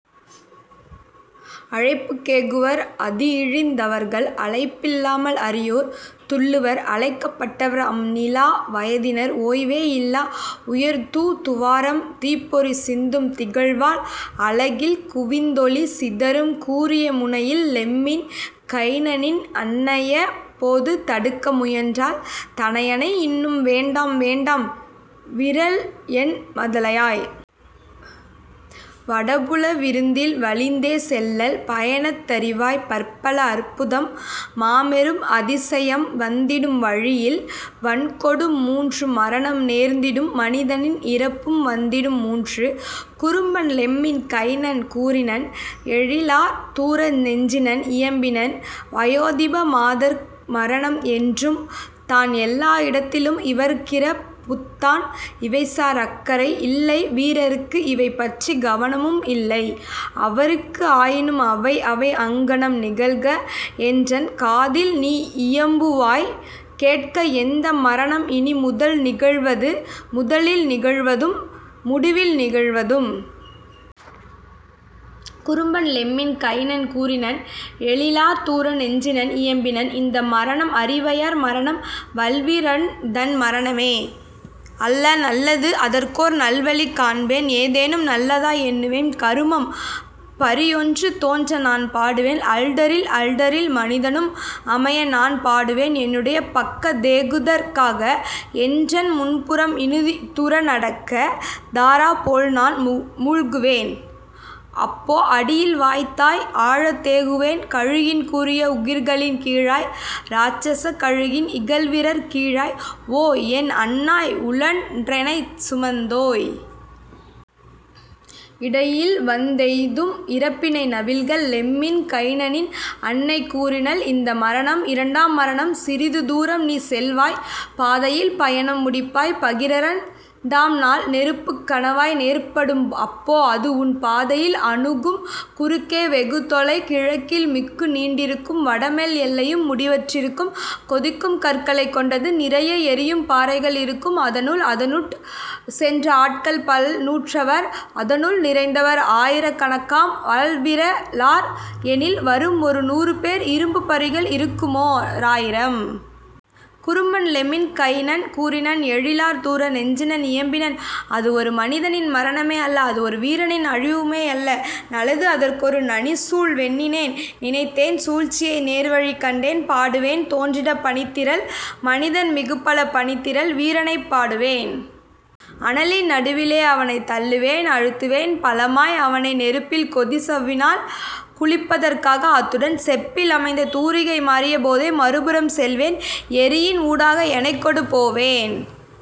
"அழைப்புக் கேகுவர் அதிஇழிந் தவர்கள் அழைப் பில்லாமல் அரியோர் துள்ளுவர்; அழைக்கப் பட்டவர் அம்நிலா வயதினர் ஓய்வே இல்லா உயர்தூ துவராம் தீப்பொறி சிந்தும் திகழ்வாள் அலகில் குவிந்தொளி சிதறும் கூரிய முனையில். " லெம்மின் கைனனின் அன்னையப் போது தடுக்க முயன்றாள் தனையனை இன்னும்: "வேண்டாம் வேண்டாம் விறல்என் மதலயாய்! வடபுல விருந்தில் வலிந்தே செல்லல்! பயணத் தறிவாய் பற்பல அற்புதம் மாபெரும் அதிசயம் வந்திடும் வழியில் வன்கொடு மூன்று மரணம் நேர்ந்திடும் மனிதனின் இறப்பும் வந்திடும் மூன்று. " குறும்பன் லெம்மின் கைனன் கூறினன் எழிலார் தூர நெஞ்சினன் இயம்பினன்: "வயோதிப மாதர்க் மரணம்என் றும்தான் எல்லா இடத்திலும் இவர்க்கிறப் புத்தான் இவைசார் அக்கறை இல்லைவீ ரர்க்கு இவைபற்றி கவனமும் இல்லைஅ வர்க்கு ஆயினும் அவைஅவை அங்ஙனம் நிகழ்க, என்றன் காதில்நீ இயம்புவாய் கேட்க எந்த மரணம் இனிமுதல் நிகழ்வது முதலில் நிகழ்வதும் முடிவில் நிகழ்வதும்? " குறும்பன் லெம்மின் கைனன் கூறினன் எழிலார் தூர நெஞ்சினன் இயம்பினன்: "இந்த மரணம் அரிவையர் மரணம் வல்வீ ரன்தன் மரணமே அல்ல நல்லது அதற்கோர் நல்வழி காண்பேன் ஏதெனும் நல்லதாய் எண்ணுவேன் கருமம்: பரியொன்று தோன்றநான் பாடுவேன் 'அல்டரி'ல் 'அல்டரி'ல் மனிதனும் அமையநான் பாடுவேன் என்னுடைய பக்கத் தேகுதற் காக என்றன் முன்புறம் இனிதுற நடக்க; தாரா போல்நான் மூழ்குவேன் அப்போ அடியில் வாத்தாய் ஆழத் தேகுவேன் கழுகின் கூரிய உகிர்களின் கீழாய் இராட்சசக் கழுகின் இகல்விரற் கீழாய்; "ஓ, என் அன்னாய், உழன்றெனைச் சுமந்தோய்! இடையில்வந் தெய்தும் இறப்பினை நவில்க! " லெம்மின் கைனனின் அன்னை கூறினள்: "இந்த மரணம் இரண்டாம் மரணம் சிறிதுதூ ரம்நீ செல்வாய் பாதையில் பயணம் முடிப்பாய் பகரிரண் டாம்நாள் நெருப்புக் கணவாய் நேர்ப்படும் அப்போ அதுஉன் பாதையில் அணுகும் குறுக்கே வெகுதொலை கிழக்கில் மிக்குநீண் டிருக்கும் வடமேல் எல்லையும் முடிவற் றிருக்கும் கொதிக்கும் கற்களைக் கொண்டது நிறைய எரியும் பாறைகள் இருக்கும் அதனுள்; அதனுட் சென்ற ஆட்கள்பல் நூற்றுவர் அதனுள் நிறைந்தவர் ஆயிரக் கணக்காம் வாள்விற லார்எணில் வரும்ஒரு நூறுபேர் இரும்புப் பரிகள் இருக்குமோ ராயிரம். " குறும்பன் லெம்மின் கைனன் கூறினன் எழிலார் தூர நெஞ்சினன் இயம்பினன்: "அதுவொரு மனிதனின் மரணமே அல்ல அதுவொரு வீரனின் அழிவுமே யல்ல நலது அதற்கொரு நனிசூழ் வெண்ணினேன் நினைத்தேன் சூழ்ச்சியை நேர்வழி கண்டேன் பாடுவேன் தோன்றிடப் பனித்திரள் மனிதன் மிகுபலப் பனித்திரள் வீரனைப் பாடுவேன் அனலின் நடுவிலே அவனைத் தள்ளுவேன் அழுத்துவேன் பலமாய் அவனை நெருப்பில் கொதிசவு னாவில் குளிப்பதற் காக அத்துடன் செப்பில் அமைந்த தூரிகை; மாறியப் போதே மறுபுறம் செல்வேன் எரியின்ஊ டாக எனைக்கொடு போவேன்